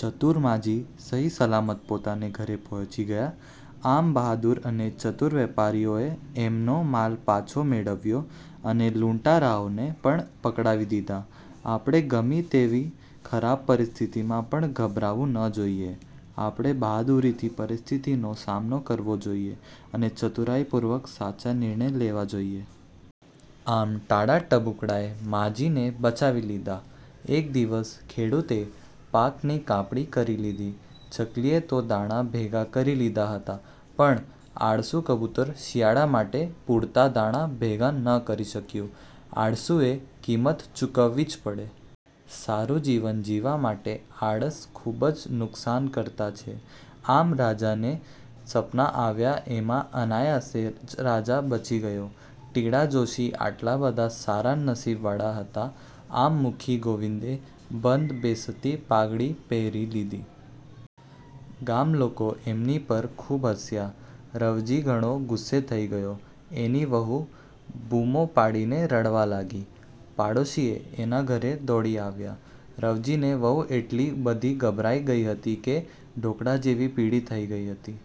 ચતુર માજી સહી-સલામત પોતાને ઘરે પહોંચી ગયા. આમ બહાદુર અને ચતુર વેપારીઓએ એમનો માલ પાછો મેળવ્યો અને લૂંટારાઓને પણ પકડાવી દીધા. આપણે ગમે તેવી ખરાબ પરિસ્થિતિમાં પણ ગભરાવું ન જોઈએ. આપણે બહાદુરીથી પરિસ્થિતિનો સામનો કરવો જોઈએ અને ચતુરાઈપૂર્વક સાચા નિર્ણય લેવા જોઈએ. આમ ટાઢા ટબુકડાએ માજીને બચાવી લીધાં! એક દિવસ ખેડૂતે પાકની કાપણી કરી લીધી. ચકલીએ તો દાણા ભેગા કરી લીધા હતા પણ આળસુ કબૂતર શિયાળા માટે પૂરતા દાણા ભેગા ન કરી શક્યું. આળસુએ કિંમત ચુકવવી જ પડે! સારું જીવન જીવવા માટે આળસ ખુબ જ નુકસાનકર્તા છે. આમ રાજાને સપનાં આવ્યાં એમાં અનાયાસે જ રાજા બચી ગયો! ટીડા જોશી આટલા બધા સારા નસીબવાળા હતા! આમ મુખી ગોવિંદે "બંધ બેસતી પાઘડી પહેરી લીધી"! ગામ લોકો એમની પર ખુબ હસ્યા. રવજી ઘણો ગુસ્સે થઇ ગયો. એની વહુ બૂમો પાડીને રડવા લાગી. પાડોશીઓ એના ઘરે દોડી આવ્યા. રવજીની વહુ એટલી બધી ગભરાઈ ગઈ હતી કે ઢોકળા જેવી પીળી થઇ ગઈ હતી!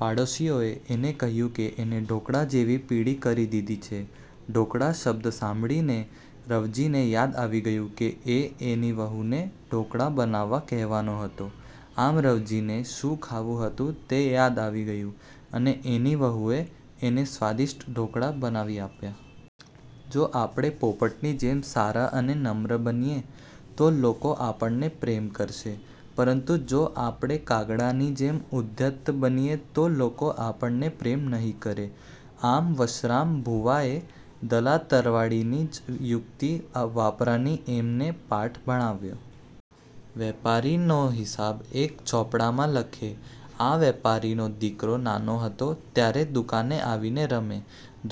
પાડોશીઓએ એને કહ્યું કે એને "ઢોકળા" જેવી પીળી કરી દીધી છે. "ઢોકળા" શબ્દ સાંભળીને રવજીને યાદ આવી ગયું કે એ એની વહુને ઢોકળા બનાવવા કહેવાનો હતો! આમ રવજીને શું ખાવું હતું તે યાદ આવી ગયું અને એની વહુએ એને સ્વાદિષ્ટ ઢોકળા બનાવી આપ્યાં! જો આપણે પોપટની જેમ સારા અને નમ્ર બનીએ તો લોકો આપણને પ્રેમ કરશે. પરંતુ જો આપણે કાગડાની જેમ ઉદ્ધત બનીએ તો લોકો આપણને પ્રેમ નહિ કરે. આમ વશરામ ભુવાએ દલા તરવાડીની જ યુક્તિ વાપરીને એમને પાઠ ભણાવ્યો. વેપારનો હિસાબ એક ચોપડામાં લખે. આ વેપારીનો દીકરો નાનો હતો ત્યારે દુકાને આવીને રમે.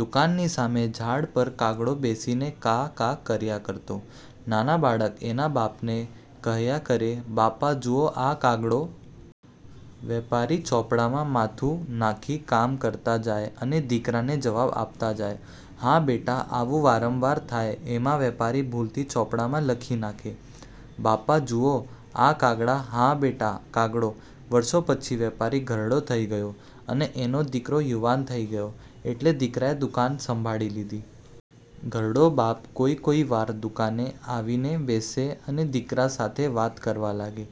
દુકાનની સામે ઝાડ પર કાગડો બેસીને કા.. કા કર્યા કરતો. નાનો બાળક એના બાપને કહ્યા કરે: "બાપા જુઓ આ કાગડો.. " વેપારી ચોપડામાં માથું નાખી કામ કરતા જાય અને દીકરાને જવાબ આપતા જાય: "હા બેટા આવું વારંવાર થાય એમાં વેપારી ભૂલથી ચોપડામાં લખી નાખે: "બાપા જુઓ આ કાગડો.. હા બેટા કાગડો" વર્ષો પછી વેપારી ઘરડો થઇ ગયો અને એનો દીકરો યુવાન થઇ ગયો એટલે દીકરાએ દુકાન સંભાળી લીધી. ઘરડો બાપ કોઈ કોઈ વાર દુકાને આવીને બેસે અને દીકરા સાથે વાત કરવા લાગે.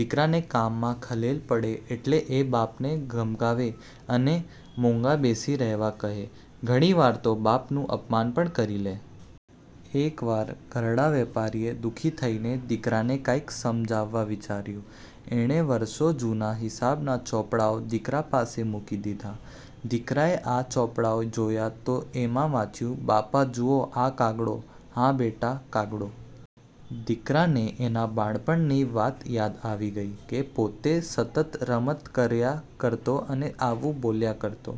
દીકરાને કામમાં ખલેલ પડે એટલે એ બાપને ધમકાવે અને મુંગા બેસી રહેવા કહે. ઘણી વાર તો બાપનું અપમાન પણ કરી લે. એક વાર ઘરડા વેપારીએ દુઃખી થઈને દીકરાને કાંઇક સમજાવવા વિચાર્યું. એણે વર્ષો જુના હિસાબના ચોપડાઓ દીકરા પાસે મૂકી દીધા. દીકરાએ આ ચોપડાઓ જોયા તો એમાં વાંચ્યું: "બાપા જુઓ આ કાગડો.. હા બેટા કાગડો". દીકરાને એના બાળપણની વાત યાદ આવી ગઈ કે પોતે સતત રમત કર્યા કરતો અને આવું બોલ્યા કરતો।